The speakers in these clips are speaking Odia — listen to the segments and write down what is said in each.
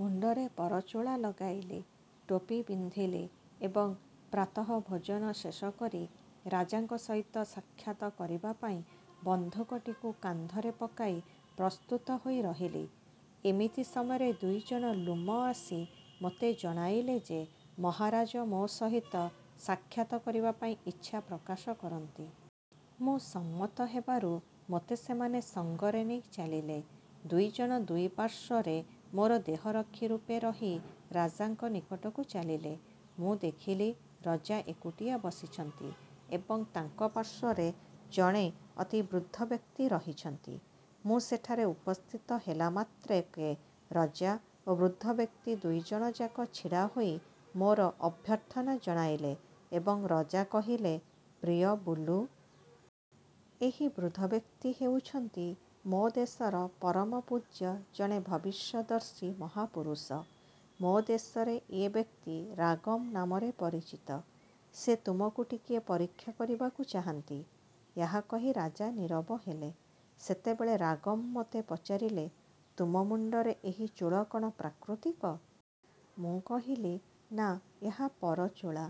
ମୁଣ୍ଡରେ ପରଚୁଳା ଲଗାଇଲି। ଟୋପି ପିନ୍ଧିଲି ଏବଂ ପ୍ରାତଃ ଭୋଜନ ଶେଷ କରି ରାଜାଙ୍କ ସହିତ ସାକ୍ଷାତ କରିବାପାଇଁ ବନ୍ଧୁକଟିକୁ କାନ୍ଧରେ ପକାଇ ପ୍ରସ୍ତୁତ ହୋଇ ରହିଲି। ଏମିତି ସମୟରେ ଦୁଇଜଣ ଲ୍ଲୁମ ଆସି ମୋତେ ଜଣାଇଲେ ଯେ, ମହାରାଜ ମୋ ସହିତ ସାକ୍ଷାତ କରିବାପାଇଁ ଇଚ୍ଛା ପ୍ରକାଶ କରନ୍ତି। ମୁଁ ସମ୍ମତ ହେବାରୁ ମୋତେ ସେମାନେ ସଙ୍ଗରେ ନେଇ ଚାଲିଲେ। ଦୁଇଜଣ ଦୁଇ ପାର୍ଶ୍ୱରେ ମୋର ଦେହରକ୍ଷୀ ରୂପେ ରହି ରାଜାଙ୍କ ନିକଟକୁ ଚାଲିଲେ। ମୁଁ ଦେଖିଲି ରଜା ଏକୁଟିଆ ବସିଛନ୍ତି ଏବଂ ତାଙ୍କ ପାର୍ଶ୍ୱରେ ଜଣେ ଅତି ବୃଦ୍ଧବ୍ୟକ୍ତି ରହିଛନ୍ତି। ମୁଁ ସେଠାରେ ଉପସ୍ଥିତ ହେଲା ମାତ୍ରକେ ରଜା ଓ ବୃଦ୍ଧବ୍ୟକ୍ତି ଦୁଇଜଣଯାକ ଛିଡ଼ା ହୋଇ ମୋର ଅଭ୍ୟର୍ଥନା ଜଣାଇଲେ ଏବଂ ରଜା କହିଲେ, 'ପ୍ରିୟ ବୁଲୁ! ଏହି ବୃଦ୍ଧବ୍ୟକ୍ତି ହେଉଛନ୍ତି ମୋ ଦେଶର ପରମପୂଜ୍ୟ ଜଣେ ଭବିଷ୍ୟଦର୍ଶୀ ମହାପୁରୁଷ। ମୋ ଦେଶରେ ଏ ବ୍ୟକ୍ତି ରାଗମ୍ ନାମରେ ପରିଚିତ। ସେ ତୁମକୁ ଟିକିଏ ପରୀକ୍ଷା କରିବାକୁ ଚାହାନ୍ତି। ' ଏହା କହି ରାଜା ନୀରବ ହେଲେ। ସେତେବେଳେ ରାଗମ୍ ମୋତେ ପଚାରିଲେ, ତୁମ ମୁଣ୍ଡରେ ଏହି ଚୂଳ କ'ଣ ପ୍ରାକୃତିକ? ମୁଁ କହିଲି, ନା ଏହା ପରଚୁଳା।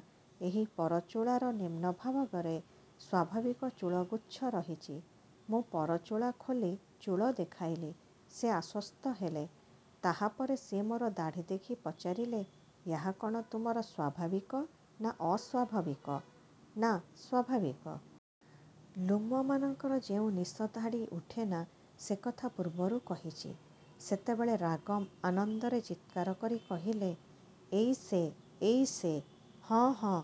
ଏହି ପରଚୁଳାର ନିମ୍ନଭାଗରେ ସ୍ୱାଭାବିକ ଚୂଳଗୁଚ୍ଛ ରହିଛି। ମୁଁ ପରଚୁଳା ଖୋଲି ଚୂଳ ଦେଖାଇଲି, ସେ ଆଶ୍ୱସ୍ତ ହେଲେ। ତାହାପରେ ସେ ମୋର ଦାଢ଼ି ଦେଖି ପଚାରିଲେ, ଏହା କ'ଣ ତୁମର ସ୍ୱାଭାବିକ ନା ଅସ୍ୱାଭାବିକ? ନା, ସ୍ୱାଭାବିକ। ଲ୍ଲୁମମାନଙ୍କର ଯେଉଁ ନିଶ ଦାଢ଼ି ଉଠେନା ସେ କଥା ପୂର୍ବରୁ କହିଛି। ସେତେବେଳେ ରାଗମ୍ ଆନନ୍ଦରେ ଚିତ୍କାର କରି କହିଲେ, ''ଏଇ ସେ,-ଏଇ ସେ। ହଁ, ହଁ,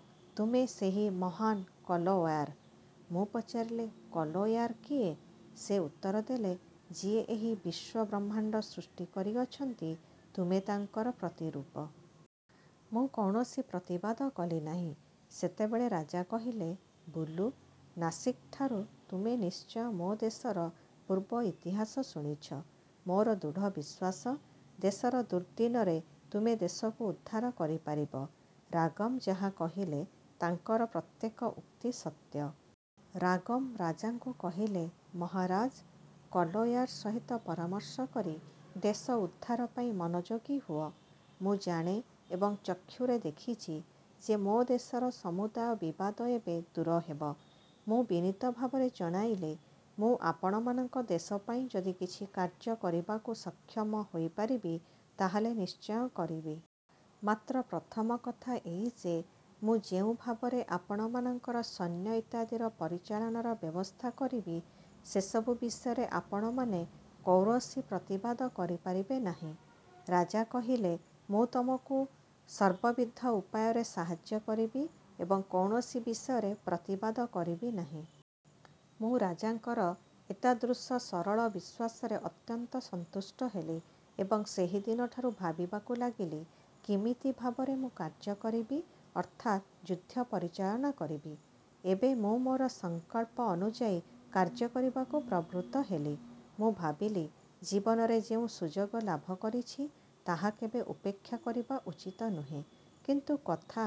ତୁମେ ସେହି ମହାନ୍ କଲୋୟାର। ମୁଁ ପଚାରିଲି, 'କଲୋୟାର କିଏ? ' ସେ ଉତ୍ତର ଦେଲେ, ''ଯିଏ ଏହି ବିଶ୍ୱବ୍ରହ୍ମାଣ୍ଡ ସୃଷ୍ଟି କରିଅଛନ୍ତି, ତୁମେ ତାଙ୍କର ପ୍ରତିରୂପ-। ମୁଁ କୌଣସି ପ୍ରତିବାଦ କଲି ନାହିଁ। ସେତେବେଳେ ରାଜା କହିଲେ, ''ବୁଲୁ! ନାସିଗ୍ଠାରୁ ତୁମେ ନିଶ୍ଚୟ ମୋ ଦେଶର ପୂର୍ବ ଇତିହାସ ଶୁଣିଛ। ମୋର ଦୃଢ଼ ବିଶ୍ୱାସ, ଦେଶର ଦୁର୍ଦ୍ଦିନରେ ତୁମେ ଦେଶକୁ ଉଦ୍ଧାର କରିପାରିବ। ରାଗମ୍ ଯାହା କହିଲେ, ତାଙ୍କର ପ୍ରତ୍ୟେକ ଉକ୍ତି ସତ୍ୟ। '' ରାଗମ୍ ରାଜାଙ୍କୁ କହିଲେ, ମହାରାଜ! କଲୋୟାର ସହିତ ପରାମର୍ଶ କରି ଦେଶ ଉଦ୍ଧାରପାଇଁ ମନୋଯୋଗୀ ହୁଅ। ମୁଁ ଜାଣେ ଏବଂ ଚକ୍ଷୁରେ ଦେଖିଛି ଯେ ମୋ ଦେଶର ସମୁଦାୟ ବିବାଦ ଏବେ ଦୂର ହେବ। ମୁଁ ବିନୀତ ଭାବରେ ଜଣାଇଲି, ''ମୁଁ ଆପଣମାନଙ୍କ ଦେଶପାଇଁ ଯଦି କିଛି କାର୍ଯ୍ୟ କରିବାକୁ ସକ୍ଷମ ହୋଇପାରିବି ତାହାହେଲେ ନିଶ୍ଚୟ କରିବି। ମାତ୍ର ପ୍ରଥମ କଥା ଏଇ ଯେ, ମୁଁ ଯେଉଁ ଭାବରେ ଆପଣମାନଙ୍କର ସୈନ୍ୟ ଇତ୍ୟାଦିର ପରିଚାଳନାର ବ୍ୟବସ୍ଥା କରିବି, ସେସବୁ ବିଷୟରେ ଆପଣମାନେ କୌରସି ପ୍ରତିବାଦ କରିପାରିବେ ନାହିଁ। ରାଜା କହିଲେ-ମୁଁ ତୁମକୁ ସର୍ବବିଧ ଉପାୟରେ ସାହାଯ୍ୟ କରିବି ଏବଂ କୌଣସି ବିଷୟରେ ପ୍ରତିବାଦ କରିବି ନାହିଁ। ମୁଁ ରାଜାଙ୍କର ଏତାଦୃଶ ସରଳ ବିଶ୍ୱାସରେ ଅତ୍ୟନ୍ତ ସନ୍ତୁଷ୍ଟ ହେଲି ଏବଂ ସେହିଦିନଠାରୁ ଭାବିବାକୁ ଲାଗିଲି କିମିତି ଭାବରେ ମୁଁ କାର୍ଯ୍ୟ କରିବି ଅର୍ଥାତ୍ ଯୁଦ୍ଧ ପରିଚାଳନା କରିବି। ଏବେ ମୁଁ ମୋର ସଂକଳ୍ପ ଅନୁଯାୟୀ କାର୍ଯ୍ୟ କରିବାକୁ ପ୍ରବୃତ୍ତ ହେଲି। ମୁଁ ଭାବିଲି, ଜୀବନରେ ଯେଉଁ ସୁଯୋଗ ଲାଭ କରିଛି, ତାହା କେବେ ଉପେକ୍ଷା କରିବା ଉଚିତ ନୁହେଁ। କିନ୍ତୁ କଥା